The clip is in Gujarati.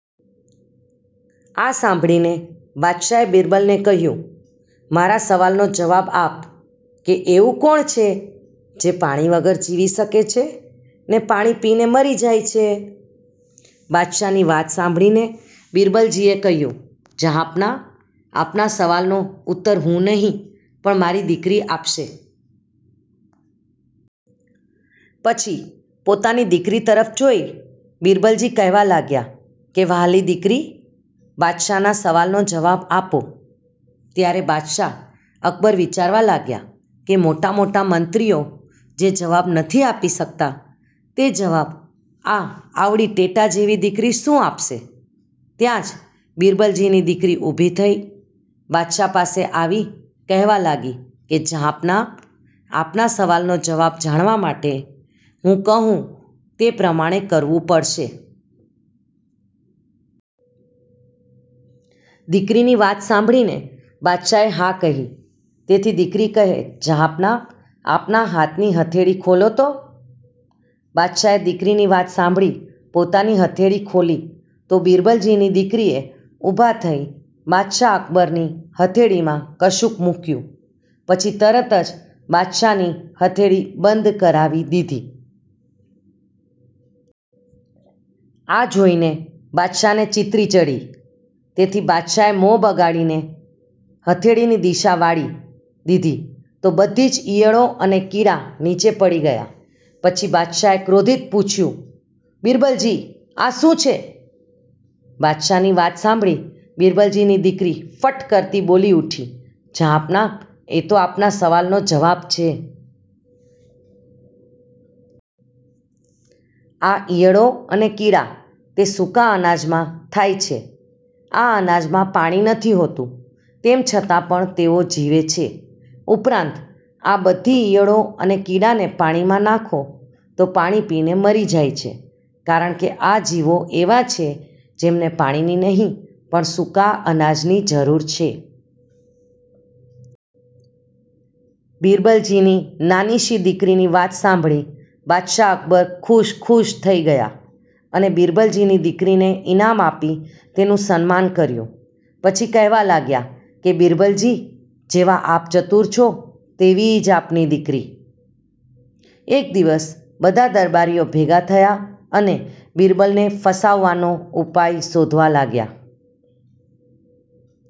આ સાંભળીને બાદશાહે બિરબલને કહ્યું મારા સવાલનો જવાબ આપ કે એવું કોણ છે જે પાણી વગર જીવી શકે છે ને પાણી પીને મરી જાય છે? બાદશાહની વાત સાંભળીને બિરબલજીએ કહ્યું જહાંપનાહ આપના સવાલનો ઉત્તર હું નહીં પણ મારી દીકરી આપશે. પછી પોતાની દીકરી તરફ જોઈ બિરબલજી કહેવા લાગ્યાં કે વ્હાલી દીકરી બાદશાહનાં સવાલનો જવાબ આપો. ત્યારે બાદશાહ અકબર વિચારવા લાગ્યાં કે મોટા મોટા મંત્રીઑ જે જવાબ નથી આપી શકતાં તે જવાબ આ આવડી ટેટા જેવી દીકરી શું આપશે ત્યાં જ બિરબલજીની દીકરી ઊભી થઈ બાદશાહ પાસે આવી કહેવા લાગી કે જહાંપનાહ આપનાં સવાલનો જવાબ જાણવા માટે હું કહું તે પ્રમાણે કરવું પડશે. દીકરીની વાત સાંભળીને બાદશાહે હા કહી તેથી દીકરી કહે જહાંપનાહ આપનાં હાથની હથેળી ખોલો તો. બાદશાહે દીકરીની વાત સાંભળી પોતાની હથેળી ખોલી તો બિરબલજીની દીકરીએ ઊભા થઈ બાદશાહ અકબરની હથેળીમાં કશુક મૂક્યું પછી તરત જ બાદશાહની હથેળી બંધ કરાવી દીધી. આ જોઈને બાદશાહને ચીતરી ચઢી તેથી બાદશાહે મ્હોં બગાડીને હથેળીની દિશા વાળી દીધી તો બધી જ ઇયળો અને કીડા નીચે પડી ગયાં પછી બાદશાહે ક્રોધિત પૂછ્યું બિરબલજી આ શું છે? બાદશાહની વાત સાંભળી બિરબલજીની દીકરી ફટ કરતી બોલી ઉઠી જહાંપનાહ એ તો આપના સવાલનો જવાબ છે. આ ઇયળો અને આ કીડા તે સૂકા અનાજમાં થાય છે આ અનાજમાં પાણી નથી હોતું તેમ છતાં પણ તેઓ જીવે છે ઉપરાંત આ બધી ઇયળો અને કીડાને પાણીમાં નાખો તો પાણી પીને મરી જાય છે કારણ કે આ જીવો એવા છે જેમને પાણીની નહીં પણ સૂકા અનાજની જરૂર છે. બિરબલજીની નાનીશી દીકરીની વાત સાંભળી બાદશાહ અકબર ખુશ ખુશ થઈ ગયાં અને બિરબલજીની દીકરીને ઈનામ આપી તેનું સન્માન કર્યું પછી કહેવા લાગ્યાં કે બિરબલજી જેવા આપ ચતુર છો તેવી જ આપની દીકરી.. એક દિવસ બધા દરબારીઓ ભેગા થયા અને બિરબલને ફસાવવાનો ઉપાય શોધવા લાગ્યા.